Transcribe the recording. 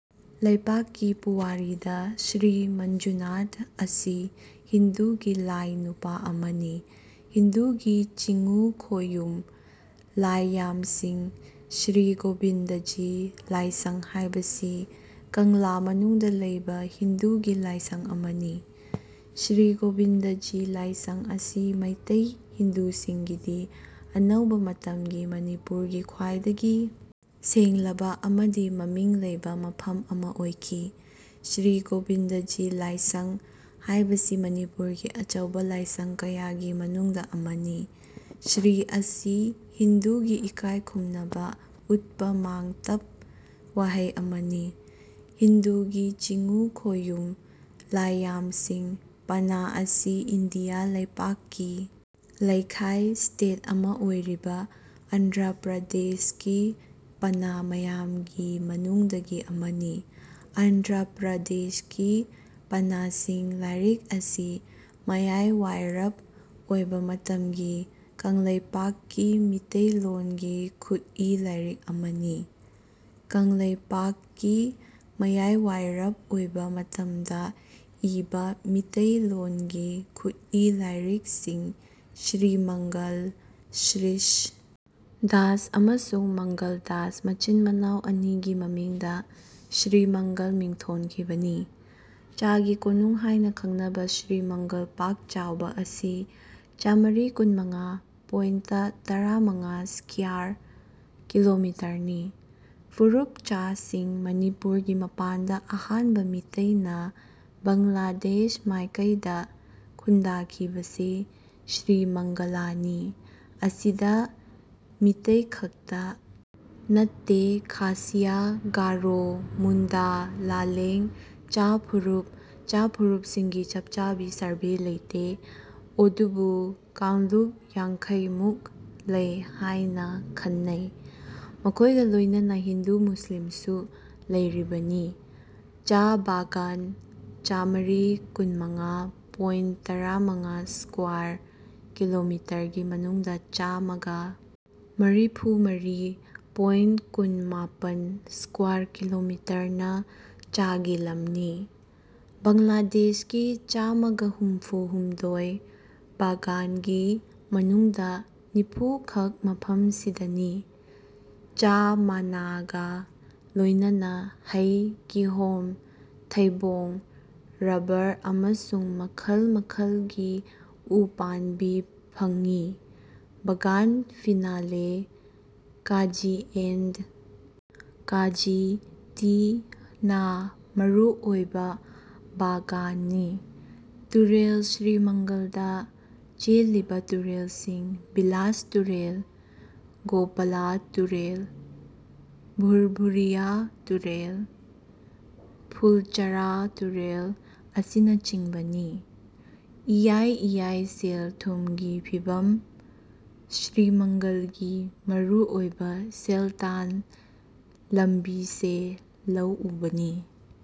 ꯂꯩꯄꯥꯛꯀꯤ ꯄꯨꯋꯥꯔꯤꯗ ꯁ꯭ꯔꯤ ꯃꯟꯖꯨꯅꯥꯊ ꯑꯁꯤ ꯍꯤꯟꯗꯨꯒꯤ ꯂꯥꯢꯅꯨꯄꯥ ꯑꯃꯅꯤ꯫ ꯍꯤꯟꯗꯨꯒꯤ ꯆꯤꯉꯨ ꯈꯣꯌꯨꯝ ꯂꯥꯢꯌꯥꯝꯁꯤꯡ ꯁ꯭ꯔꯤ ꯒꯣꯚꯤꯟꯗꯖꯤ ꯂꯥꯢꯁꯪ ꯍꯥꯏꯕꯁꯤ ꯀꯪꯂꯥ ꯃꯅꯨꯡꯗ ꯂꯩꯕ ꯍꯤꯟꯗꯨꯒꯤ ꯂꯥꯢꯁꯪ ꯑꯃꯅꯤ꯫ ꯁ꯭ꯔꯤ ꯒꯣꯚꯤꯟꯗꯖꯤ ꯂꯥꯢꯁꯪ ꯑꯁꯤ ꯃꯩꯇꯩ ꯍꯤꯟꯗꯨꯁꯤꯡꯒꯤꯗꯤ ꯑꯅꯧꯕ ꯃꯇꯝ ꯒꯤ ꯃꯅꯤꯄꯨꯔꯒꯤ ꯈ꯭ꯋꯥꯢꯗꯒꯤ ꯁꯦꯡꯂꯕ ꯑꯃꯗꯤ ꯃꯃꯤꯡ ꯂꯩꯕ ꯃꯐꯝ ꯑꯃ ꯑꯣꯢꯈꯤ꯫ "ꯁ꯭ꯔꯤ ꯒꯣꯚꯤꯟꯗꯖꯤ ꯂꯥꯢꯁꯪ" ꯍꯥꯏꯕꯁꯤ ꯃꯅꯤꯄꯨꯔꯒꯤ ꯑꯆꯧꯕ ꯂꯥꯢꯁꯪ ꯀꯌꯥꯒꯤ ꯃꯅꯨꯡꯗ ꯑꯃꯅꯤ꯫ ꯁ꯭ꯔꯤ ꯑꯁꯤ ꯍꯤꯟꯗꯨꯒꯤ ꯏꯀꯥꯢꯈꯨꯝꯅꯕ ꯎꯠꯄ ꯃꯥꯡꯇꯞ ꯋꯥꯍꯩ ꯑꯃꯅꯤ꯫ ꯍꯤꯟꯗꯨꯒꯤ ꯆꯤꯉꯨ ꯈꯣꯌꯨꯝ ꯂꯥꯢꯌꯥꯝꯁꯤꯡ ꯄꯅꯥ ꯑꯁꯤ ꯏꯟꯗꯤꯌꯥ ꯂꯩꯄꯥꯛꯀꯤ ꯂꯩꯈꯥꯢ (ꯁ꯭ꯇꯦꯠ) ꯑꯃ ꯑꯣꯢꯔꯤꯕ ꯑꯟꯙ꯭ꯔ ꯄ꯭ꯔꯗꯦꯁꯀꯤ ꯄꯅꯥ ꯃꯌꯥꯝꯒꯤ ꯃꯅꯨꯡꯗꯒꯤ ꯑꯃꯅꯤ꯫ ꯑꯟꯙ꯭ꯔ ꯄ꯭ꯔꯗꯦꯁꯀꯤ ꯄꯅꯥꯁꯤꯡ ꯂꯥꯢꯔꯤꯛ ꯑꯁꯤ ꯃꯌꯥꯢꯋꯥꯢꯔꯞ ꯑꯣꯢꯕ ꯃꯇꯝꯒꯤ ꯀꯪꯂꯩꯄꯥꯛꯀꯤ ꯃꯤꯇꯩꯂꯣꯟꯒꯤ ꯈꯨꯠꯏ ꯂꯥꯢꯔꯤꯛ ꯑꯃꯅꯤ꯫ ꯀꯪꯂꯩꯄꯥꯛꯀꯤ ꯃꯌꯥꯢꯋꯥꯢꯔꯞ ꯑꯣꯢꯕ ꯃꯇꯝꯗ ꯏꯕ ꯃꯤꯇꯩꯂꯣꯟꯒꯤ ꯈꯨꯠꯏ ꯂꯥꯢꯔꯤꯛꯁꯤꯡ ꯁ꯭ꯔꯤꯃꯪꯒꯜ, ꯁ꯭ꯔꯤꯁ ꯗꯥꯁ, ꯑꯃꯁꯨꯡ ꯃꯪꯒꯜ ꯗꯥꯁ ꯃꯆꯤꯟꯃꯅꯥꯎ ꯑꯅꯤꯒꯤ ꯃꯃꯤꯡꯗ ꯁ꯭ꯔꯤꯃꯪꯒꯜ ꯃꯤꯡꯊꯣꯟꯈꯤꯕꯅꯤ꯫ ꯆꯥꯒꯤ ꯀꯣꯅꯨꯡ ꯍꯥꯏꯅ ꯈꯪꯅꯕ ꯁ꯭ꯔꯤꯃꯪꯒꯜ ꯄꯥꯛꯆꯥꯎꯕ ꯑꯁꯤ ꯆꯥꯃꯔꯤ ꯀꯨꯟꯃꯉꯥ ꯄꯣꯏꯟꯇ ꯇꯔꯥꯃꯉꯥ ꯁ꯭ꯀ꯭ꯌꯥꯔ ꯀꯤꯂꯣꯃꯤꯇꯔꯅꯤ꯫ ꯐꯨꯔꯨꯞꯆꯥꯁꯤꯡ ꯃꯅꯤꯄꯨꯔꯒꯤ ꯃꯄꯥꯟꯗ ꯑꯍꯥꯟꯕ ꯃꯤꯇꯩꯅ ꯕꯪꯂꯥꯗꯦꯁ ꯃꯥꯏꯀꯩꯗ ꯈꯨꯟꯗꯥꯈꯤꯕꯁꯦ ꯁ꯭ꯔꯤꯃꯡꯒꯂꯅꯤ꯫ ꯑꯁꯤꯗ ꯃꯤꯇꯩꯈꯛꯇ ꯅꯠꯇꯦ ꯈꯥꯁꯤꯌꯥ, ꯒꯥꯔꯣ, ꯃꯨꯟꯗꯥ, ꯂꯥꯂꯦꯡ, ꯆꯥ ꯐꯨꯔꯨꯞ (ꯆꯥ ꯐꯨꯔꯨꯞꯁꯤꯡꯒꯤ ꯆꯞꯆꯥꯕꯤ ꯁꯥꯔꯚꯦ ꯂꯩꯇꯦ, ꯑꯣꯗꯨꯕꯨ ꯛꯥꯡꯂꯨꯞ ꯌꯥꯡꯈꯩꯃꯨꯛ ꯂꯩ ꯍꯥꯏꯅ ꯈꯟꯅꯩ) ꯃꯈꯣꯏꯒ ꯂꯣꯏꯅꯅ ꯍꯤꯟꯗꯨ ꯃꯨꯁꯂꯤꯝꯁꯨ ꯂꯩꯔꯤꯕꯅꯤ꯫ ꯆꯥ ꯕꯥꯒꯥꯟ ꯆꯥꯃꯔꯤ ꯀꯨꯟꯃꯉꯥ ꯄꯣꯏꯟꯠ ꯇꯔꯥꯃꯉꯥ ꯁ꯭ꯀ꯭ꯋꯥꯔ ꯀꯤꯂꯣꯃꯤꯇꯔꯒꯤ ꯃꯅꯨꯡꯗ ꯆꯥꯃꯒ ꯃꯔꯤꯐꯨ ꯃꯔꯤ ꯄꯣꯏꯟꯠ ꯀꯨꯟ ꯃꯥꯄꯟ ꯁ꯭ꯀ꯭ꯋꯥꯔ ꯀꯤꯂꯣꯃꯤꯇꯔꯅ ꯆꯥꯒꯤ ꯂꯝꯅꯤ꯫ ꯕꯪꯂꯥꯗꯦꯁꯀꯤ ꯆꯥꯃꯒ ꯍꯨꯝꯐꯨ ꯍꯨꯝꯗꯣꯏ ꯕꯥꯒꯥꯟꯒꯤ ꯃꯅꯨꯡꯗ ꯅꯤꯐꯨꯈꯛ ꯃꯐꯝꯁꯤꯗꯅꯤ꯫ ꯆꯥ ꯃꯅꯥꯒ ꯂꯣꯏꯅꯅ ꯍꯩ, ꯀꯤꯍꯣꯝ, ꯊꯩꯕꯣꯡ, ꯔꯕꯔ ꯑꯃꯁꯨꯡ ꯃꯈꯜ ꯃꯈꯜꯒꯤ ꯎꯄꯥꯟꯕꯤ ꯐꯪꯉꯤ꯫ ꯕꯒꯥꯟ ꯐꯤꯅꯂꯦ, ꯀꯥꯖꯤ ꯑꯦꯟ꯭ꯗ ꯀꯥꯖꯤ ꯇꯤ ꯅꯥ ꯃꯔꯨ ꯑꯣꯢꯕ ꯕꯥꯒꯥꯟꯅꯤ꯫ ꯇꯨꯔꯦꯜ ꯁ꯭ꯔꯤꯃꯪꯒꯜꯗ ꯆꯦꯜꯂꯤꯕ ꯇꯨꯔꯦꯜꯁꯤꯡ ꯕꯤꯂꯥꯁ ꯇꯨꯔꯦꯜ, ꯒꯣꯄꯂꯥ ꯇꯨꯔꯦꯜ, ꯚꯨꯔꯚꯨꯔꯤꯌꯥ ꯇꯨꯔꯦꯜ, ꯐꯨꯜꯆꯔꯥ ꯇꯨꯔꯦꯜ ꯑꯁꯤꯅꯆꯤꯡꯕꯅꯤ꯫ ꯢꯌꯥꯏ ꯢꯌꯥꯏ ꯁꯦꯜ ꯊꯨꯝꯒꯤ ꯐꯤꯚꯝ ꯁ꯭ꯔꯤꯃꯪꯒꯜꯒꯤ ꯃꯔꯨ ꯑꯣꯏꯕ ꯁꯦꯜꯇꯥꯟ ꯂꯝꯕꯤꯁꯦ ꯂꯧ ꯎꯕꯅꯤ꯫